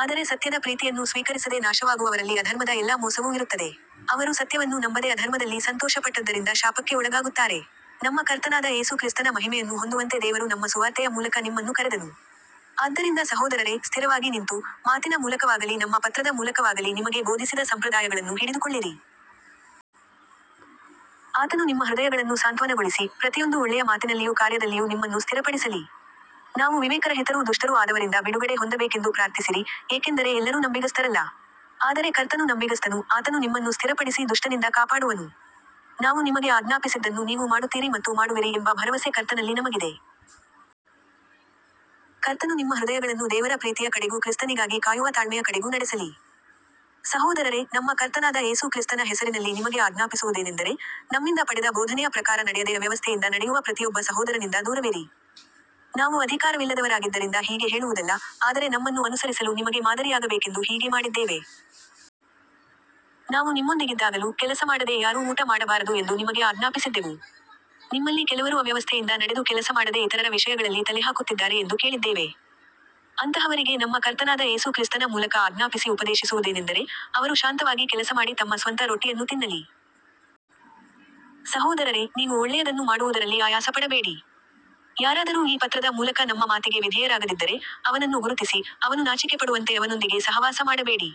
ಆದರೆ ಸತ್ಯದ ಪ್ರೀತಿಯನ್ನು ಸ್ವೀಕರಿಸದೆ ನಾಶವಾಗುವವರಲ್ಲಿ ಅಧರ್ಮದ ಎಲ್ಲಾ ಮೋಸವೂ ಇರುತ್ತದೆ. ಅವರು ಸತ್ಯವನ್ನು ನಂಬದೆ ಅಧರ್ಮದಲ್ಲಿ ಸಂತೋಷಪಟ್ಟದ್ದರಿಂದ ಶಾಪಕ್ಕೆ ಒಳಗಾಗುತ್ತಾರೆ. ನಮ್ಮ ಕರ್ತನಾದ ಯೇಸು ಕ್ರಿಸ್ತನ ಮಹಿಮೆಯನ್ನು ಹೊಂದುವಂತೆ ದೇವರು ನಮ್ಮ ಸುವಾರ್ತೆಯ ಮೂಲಕ ನಿಮ್ಮನ್ನು ಕರೆದನು. ಆದ್ದರಿಂದ ಸಹೋದರರೇ, ಸ್ಥಿರವಾಗಿ ನಿಂತು, ಮಾತಿನ ಮೂಲಕವಾಗಲಿ ನಮ್ಮ ಪತ್ರದ ಮೂಲಕವಾಗಲಿ ನಿಮಗೆ ಬೋಧಿಸಿದ ಸಂಪ್ರದಾಯಗಳನ್ನು ಹಿಡಿದುಕೊಳ್ಳಿರಿ. ಆತನು ನಿಮ್ಮ ಹೃದಯಗಳನ್ನು ಸಾಂತ್ವನಗೊಳಿಸಿ, ಪ್ರತಿಯೊಂದು ಒಳ್ಳೆಯ ಮಾತಿನಲ್ಲಿಯೂ ಕಾರ್ಯದಲ್ಲಿಯೂ ನಿಮ್ಮನ್ನು ಸ್ಥಿರಪಡಿಸಲಿ. ನಾವು ವಿವೇಕರಹಿತರೂ ದುಷ್ಟರೂ ಆದವರಿಂದ ಬಿಡುಗಡೆ ಹೊಂದಬೇಕೆಂದು ಪ್ರಾರ್ಥಿಸಿರಿ, ಏಕೆಂದರೆ ಎಲ್ಲರೂ ನಂಬಿಗಸ್ತರಲ್ಲ. ಆದರೆ ಕರ್ತನು ನಂಬಿಗಸ್ತನು, ಆತನು ನಿಮ್ಮನ್ನು ಸ್ಥಿರಪಡಿಸಿ ದುಷ್ಟನಿಂದ ಕಾಪಾಡುವನು. ನಾವು ನಿಮಗೆ ಆಜ್ಞಾಪಿಸಿದ್ದನ್ನು ನೀವು ಮಾಡುತ್ತೀರಿ ಮತ್ತು ಮಾಡುವಿರಿ ಎಂಬ ಭರವಸೆ ಕರ್ತನಲ್ಲಿ ನಮಗಿದೆ. ಕರ್ತನು ನಿಮ್ಮ ಹೃದಯಗಳನ್ನು ದೇವರ ಪ್ರೀತಿಯ ಕಡೆಗೂ ಕ್ರಿಸ್ತನಿಗಾಗಿ ಕಾಯುವ ತಾಳ್ಮೆಯ ಕಡೆಗೂ ನಡೆಸಲಿ. ಸಹೋದರರೇ, ನಮ್ಮ ಕರ್ತನಾದ ಯೇಸು ಕ್ರಿಸ್ತನ ಹೆಸರಿನಲ್ಲಿ ನಿಮಗೆ ಆಜ್ಞಾಪಿಸುವುದೇನೆಂದರೆ, ನಮ್ಮಿಂದ ಪಡೆದ ಬೋಧನೆಯ ಪ್ರಕಾರ ನಡೆಯದೆ ಅವ್ಯವಸ್ಥೆಯಿಂದ ನಡೆಯುವ ಪ್ರತಿಯೊಬ್ಬ ಸಹೋದರನಿಂದ ದೂರವಿರಿ. ನಾವು ಅಧಿಕಾರವಿಲ್ಲದವರಾಗಿದ್ದರಿಂದ ಹೀಗೆ ಹೇಳುವುದಲ್ಲ, ಆದರೆ ನಮ್ಮನ್ನು ಅನುಸರಿಸಲು ನಿಮಗೆ ಮಾದರಿಯಾಗಬೇಕೆಂದು ಹೀಗೆ ಮಾಡಿದ್ದೇವೆ. ನಾವು ನಿಮ್ಮೊಂದಿಗಿದ್ದಾಗಲೂ, ಕೆಲಸಮಾಡದೆ ಯಾರೂ ಊಟ ಮಾಡಬಾರದು ಎಂದು ನಿಮಗೆ ಆಜ್ಞಾಪಿಸಿದ್ದೆವು. ನಿಮ್ಮಲ್ಲಿ ಕೆಲವರು ಅವ್ಯವಸ್ಥೆಯಿಂದ ನಡೆದು ಕೆಲಸಮಾಡದೆ ಇತರರ ವಿಷಯಗಳಲ್ಲಿ ತಲೆಹಾಕುತ್ತಿದ್ದಾರೆ ಎಂದು ಕೇಳಿದ್ದೇವೆ. ಅಂತಹವರಿಗೆ ನಮ್ಮ ಕರ್ತನಾದ ಯೇಸು ಕ್ರಿಸ್ತನ ಮೂಲಕ ಆಜ್ಞಾಪಿಸಿ ಉಪದೇಶಿಸುವುದೇನೆಂದರೆ, ಅವರು ಶಾಂತವಾಗಿ ಕೆಲಸಮಾಡಿ ತಮ್ಮ ಸ್ವಂತ ರೊಟ್ಟಿಯನ್ನು ತಿನ್ನಲಿ. ಸಹೋದರರೇ, ನೀವು ಒಳ್ಳೆಯದನ್ನು ಮಾಡುವುದರಲ್ಲಿ ಆಯಾಸಪಡಬೇಡಿ. ಯಾರಾದರೂ ಈ ಪತ್ರದ ಮೂಲಕ ನಮ್ಮ ಮಾತಿಗೆ ವಿಧೇಯರಾಗದಿದ್ದರೆ, ಅವನನ್ನು ಗುರುತಿಸಿ, ಅವನು ನಾಚಿಕೆಪಡುವಂತೆ ಅವನೊಂದಿಗೆ ಸಹವಾಸ ಮಾಡಬೇಡಿ.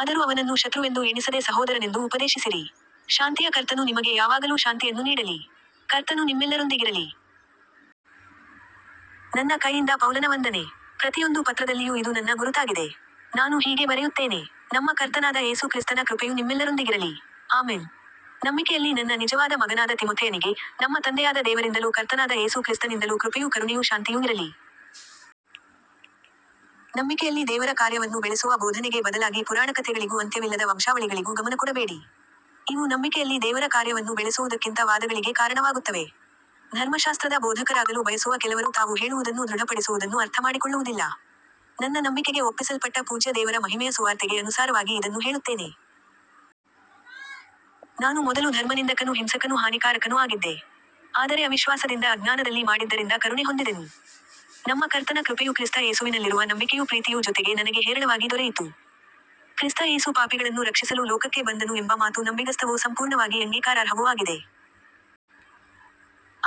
ಆದರೂ ಅವನನ್ನು ಶತ್ರುವೆಂದು ಎಣಿಸದೆ ಸಹೋದರನೆಂದು ಉಪದೇಶಿಸಿರಿ. ಶಾಂತಿಯ ಕರ್ತನು ನಿಮಗೆ ಯಾವಾಗಲೂ ಶಾಂತಿಯನ್ನು ನೀಡಲಿ. ಕರ್ತನು ನಿಮ್ಮೆಲ್ಲರೊಂದಿಗಿರಲಿ. ನನ್ನ ಕೈಯಿಂದ ಪೌಲನ ವಂದನೆ. ಪ್ರತಿಯೊಂದು ಪತ್ರದಲ್ಲಿಯೂ ಇದು ನನ್ನ ಗುರುತಾಗಿದೆ. ನಾನು ಹೀಗೆ ಬರೆಯುತ್ತೇನೆ. ನಮ್ಮ ಕರ್ತನಾದ ಯೇಸು ಕ್ರಿಸ್ತನ ಕೃಪೆಯು ನಿಮ್ಮೆಲ್ಲರೊಂದಿಗಿರಲಿ. ಆಮೆನ್. ನಂಬಿಕೆಯಲ್ಲಿ ನನ್ನ ನಿಜವಾದ ಮಗನಾದ ತಿಮೊಥೆಯನಿಗೆ, ನಮ್ಮ ತಂದೆಯಾದ ದೇವರಿಂದಲೂ ಕರ್ತನಾದ ಯೇಸು ಕ್ರಿಸ್ತನಿಂದಲೂ ಕೃಪೆಯೂ ಕರುಣೆಯೂ ಶಾಂತಿಯೂ ಇರಲಿ. ನಂಬಿಕೆಯಲ್ಲಿ ದೇವರ ಕಾರ್ಯವನ್ನು ಬೆಳೆಸುವ ಬೋಧನೆಗೆ ಬದಲಾಗಿ ಪುರಾಣಕಥೆಗಳಿಗೂ ಅಂತ್ಯವಿಲ್ಲದ ವಂಶಾವಳಿಗಳಿಗೂ ಗಮನಕೊಡಬೇಡಿ. ಇವು ನಂಬಿಕೆಯಲ್ಲಿ ದೇವರ ಕಾರ್ಯವನ್ನು ಬೆಳೆಸುವುದಕ್ಕಿಂತ ವಾದಗಳಿಗೆ ಕಾರಣವಾಗುತ್ತವೆ. ಧರ್ಮಶಾಸ್ತ್ರದ ಬೋಧಕರಾಗಲು ಬಯಸುವ ಕೆಲವರು ತಾವು ಹೇಳುವುದನ್ನೂ ದೃಢಪಡಿಸುವುದನ್ನೂ ಅರ್ಥಮಾಡಿಕೊಳ್ಳುವುದಿಲ್ಲ. ನನ್ನ ನಂಬಿಕೆಗೆ ಒಪ್ಪಿಸಲ್ಪಟ್ಟ ಪೂಜ್ಯ ದೇವರ ಮಹಿಮೆಯ ಸುವಾರ್ತೆಗೆ ಅನುಸಾರವಾಗಿ ಇದನ್ನು ಹೇಳುತ್ತೇನೆ. ನಾನು ಮೊದಲು ಧರ್ಮನಿಂದಕನೂ ಹಿಂಸಕನೂ ಹಾನಿಕಾರಕನೂ ಆಗಿದ್ದೆ. ಆದರೆ ಅವಿಶ್ವಾಸದಿಂದ ಅಜ್ಞಾನದಲ್ಲಿ ಮಾಡಿದ್ದರಿಂದ ಕರುಣೆ ಹೊಂದಿದೆನು. ನಮ್ಮ ಕರ್ತನ ಕೃಪೆಯು ಕ್ರಿಸ್ತ ಯೇಸುವಿನಲ್ಲಿರುವ ನಂಬಿಕೆಯೂ ಪ್ರೀತಿಯೂ ಜೊತೆಗೆ ನನಗೆ ಹೇರಳವಾಗಿ ದೊರೆಯಿತು. ಕ್ರಿಸ್ತ ಯೇಸು ಪಾಪಿಗಳನ್ನು ರಕ್ಷಿಸಲು ಲೋಕಕ್ಕೆ ಬಂದನು ಎಂಬ ಮಾತು ನಂಬಿಗಸ್ತವೂ ಸಂಪೂರ್ಣವಾಗಿ ಅಂಗೀಕಾರಾರ್ಹವೂ ಆಗಿದೆ.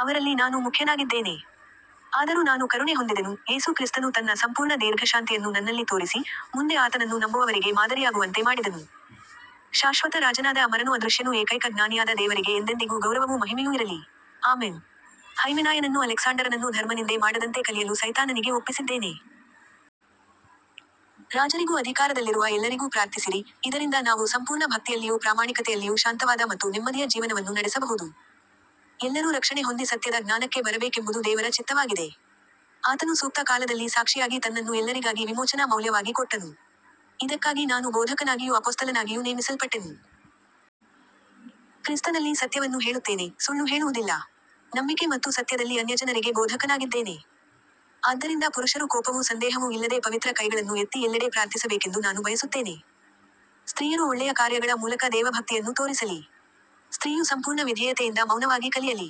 ಅವರಲ್ಲಿ ನಾನು ಮುಖ್ಯನಾಗಿದ್ದೇನೆ. ಆದರೂ ನಾನು ಕರುಣೆ ಹೊಂದಿದೆನು, ಯೇಸು ಕ್ರಿಸ್ತನು ತನ್ನ ಸಂಪೂರ್ಣ ದೀರ್ಘಶಾಂತಿಯನ್ನು ನನ್ನಲ್ಲಿ ತೋರಿಸಿ, ಮುಂದೆ ಆತನನ್ನು ನಂಬುವವರಿಗೆ ಮಾದರಿಯಾಗುವಂತೆ ಮಾಡಿದನು. ಶಾಶ್ವತ ರಾಜನಾದ ಅಮರನೂ ಅದೃಶ್ಯನೂ ಏಕೈಕ ಜ್ಞಾನಿಯಾದ ದೇವರಿಗೆ ಎಂದೆಂದಿಗೂ ಗೌರವವೂ ಮಹಿಮೆಯೂ ಇರಲಿ. ಆಮೆನ್. ಹೈಮೆನಾಯನನ್ನೂ ಅಲೆಕ್ಸಾಂಡರನನ್ನೂ ಧರ್ಮನಿಂದೆ ಮಾಡದಂತೆ ಕಲಿಯಲು ಸೈತಾನನಿಗೆ ಒಪ್ಪಿಸಿದ್ದೇನೆ. ರಾಜರಿಗೂ ಅಧಿಕಾರದಲ್ಲಿರುವ ಎಲ್ಲರಿಗೂ ಪ್ರಾರ್ಥಿಸಿರಿ, ಇದರಿಂದ ನಾವು ಸಂಪೂರ್ಣ ಭಕ್ತಿಯಲ್ಲಿಯೂ ಪ್ರಾಮಾಣಿಕತೆಯಲ್ಲಿಯೂ ಶಾಂತವಾದ ಮತ್ತು ನೆಮ್ಮದಿಯ ಜೀವನವನ್ನು ನಡೆಸಬಹುದು. ಎಲ್ಲರೂ ರಕ್ಷಣೆ ಹೊಂದಿ ಸತ್ಯದ ಜ್ಞಾನಕ್ಕೆ ಬರಬೇಕೆಂಬುದು ದೇವರ ಚಿತ್ತವಾಗಿದೆ. ಆತನು ಸೂಕ್ತ ಕಾಲದಲ್ಲಿ ಸಾಕ್ಷಿಯಾಗಿ ತನ್ನನ್ನು ಎಲ್ಲರಿಗಾಗಿ ವಿಮೋಚನಾ ಮೌಲ್ಯವಾಗಿ ಕೊಟ್ಟನು. ಇದಕ್ಕಾಗಿ ನಾನು ಬೋಧಕನಾಗಿಯೂ ಅಪೊಸ್ತಲನಾಗಿಯೂ ನೇಮಿಸಲ್ಪಟ್ಟೆನು. ಕ್ರಿಸ್ತನಲ್ಲಿ ಸತ್ಯವನ್ನು ಹೇಳುತ್ತೇನೆ, ಸುಳ್ಳು ಹೇಳುವುದಿಲ್ಲ. ನಂಬಿಕೆ ಮತ್ತು ಸತ್ಯದಲ್ಲಿ ಅನ್ಯಜನರಿಗೆ ಬೋಧಕನಾಗಿದ್ದೇನೆ. ಆದ್ದರಿಂದ ಪುರುಷರು ಕೋಪವೂ ಸಂದೇಹವೂ ಇಲ್ಲದೆ ಪವಿತ್ರ ಕೈಗಳನ್ನು ಎತ್ತಿ ಎಲ್ಲೆಡೆ ಪ್ರಾರ್ಥಿಸಬೇಕೆಂದು ನಾನು ಬಯಸುತ್ತೇನೆ. ಸ್ತ್ರೀಯರೂ ಒಳ್ಳೆಯ ಕಾರ್ಯಗಳ ಮೂಲಕ ದೇವಭಕ್ತಿಯನ್ನು ತೋರಿಸಲಿ. ಸ್ತ್ರೀಯು ಸಂಪೂರ್ಣ ವಿಧೇಯತೆಯಿಂದ ಮೌನವಾಗಿ ಕಲಿಯಲಿ.